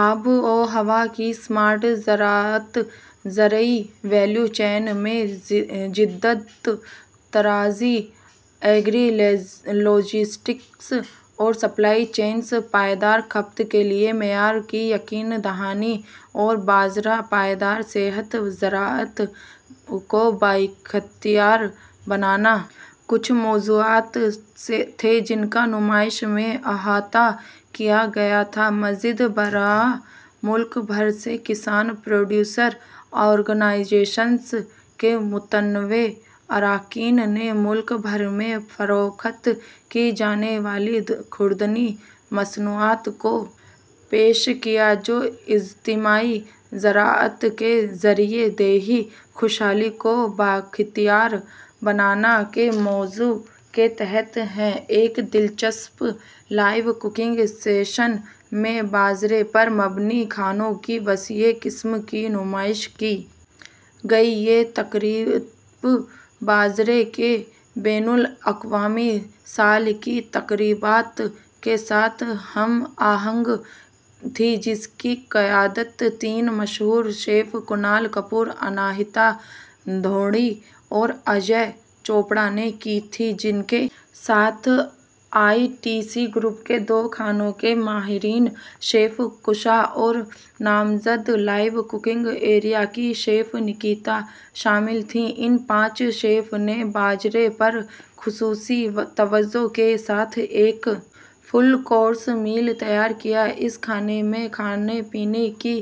آب و ہوا کی اسمارٹ زراعت زرعی ویلیو چین میں جدت طرازی ایگری لاجسٹکس اور سپلائی چینز پائیدار کھپت کے لیے معیار کی یقین دہانی اور باجرا پائیدار صحت زراعت کو بااختیار بنانا کچھ موضوعات تھے جن کا نمائش میں احاطہ کیا گیا تھا مزید برآں ملک بھر سے کسان پروڈیوسر آرگنائزیشنز کے متنوع اراکین نے ملک بھر میں فروخت کی جانے والی خوردنی مصنوعات کو پیش کیا جو اجتماعی زراعت کے ذریعے دیہی خوشحالی کو بااختیار بنانا کے موضوع کے تحت ہیں ایک دلچسپ لائیو ککنگ سیشن میں باجرے پر مبنی کھانوں کی وسیع اقسام کی نمائش کی گئی یہ تقریب باجرے کے بین الاقوامی سال کی تقریبات کے ساتھ ہم آہنگ تھی جس کی قیادت تین مشہور شیف کنال کپور اناہیتا ڈھونڈی اور اجے چوپڑا نے کی تھی جن کے ساتھ آئی ٹی سی گروپ کے دو کھانوں کے ماہرین شیف کوشا اور نامزد لائیو ککنگ ایریا کے شیف نیکیتا شامل تھیں ان پانچ شیف نے باجرے پر خصوصی توجہ کے ساتھ ایک فل کورس میل تیار کیا اس کھانے میں کھانے پینے کی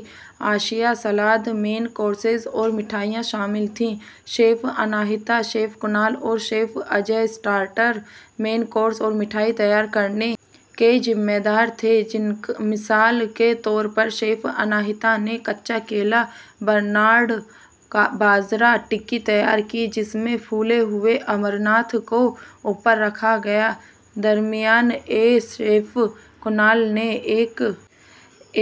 اشیا سلاد مین کورسز اور مٹھائیاں شامل تھیں شیف اناہیتا شیف کنال اور chef Ajay starter main course اور مٹھائی تیار کرنے کے ذمہ دار تھے مثال کے طور پر شیف اناہیتا نے کچا کیلا برنارڈ باجرا ٹکی تیار کی جس میں پھولے ہوئے امرانتھ کو اوپر رکھا گیا دریں اثنا شیف کنال نے ایک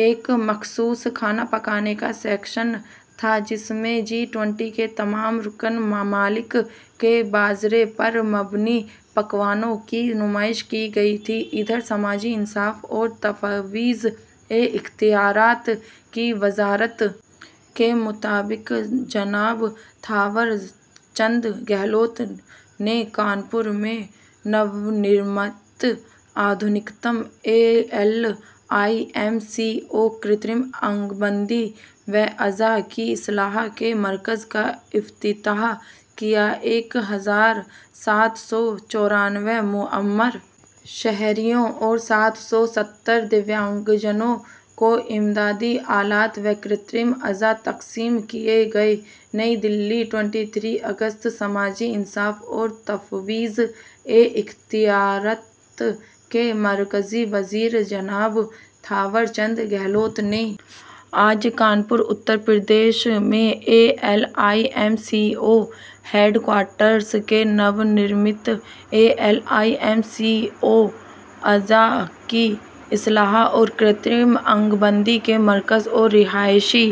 ایک مخصوص کھانا پکانے کا سیکشن تھا جس میں جی بیس کے تمام رکن ممالک کے باجرے پر مبنی پکوانوں کی نمائش کی گئی تھی ادھر سماجی انصاف اور تفویض اختیارات کی وزارت کے مطابق جناب تھاور چند گہلوت نے کانپور میں نو تشکیل شدہ جدید ترین ایلمکو مصنوعی عضو بندی و اعضا کی اصلاح کے مرکز کا افتتاح کیا ایک ہزار سات سو چورانوے معمر شہریوں اور سات سو ستر دویانگ جنوں کو امدادی آلات و مصنوعی اعضا تقسیم کیے گئے نئی دہلی تئیس اگست سماجی انصاف اور تفویض اختیارات کے مرکزی وزیر جناب تھاور چند گہلوت نے آج کانپور اتر پردیش میں ایلمکو ہیڈ کوارٹرز کے نو تشکیل شدہ ایلمکو اعضا کی اصلاح اور مصنوعی عضو بندی کے مرکز اور رہائشی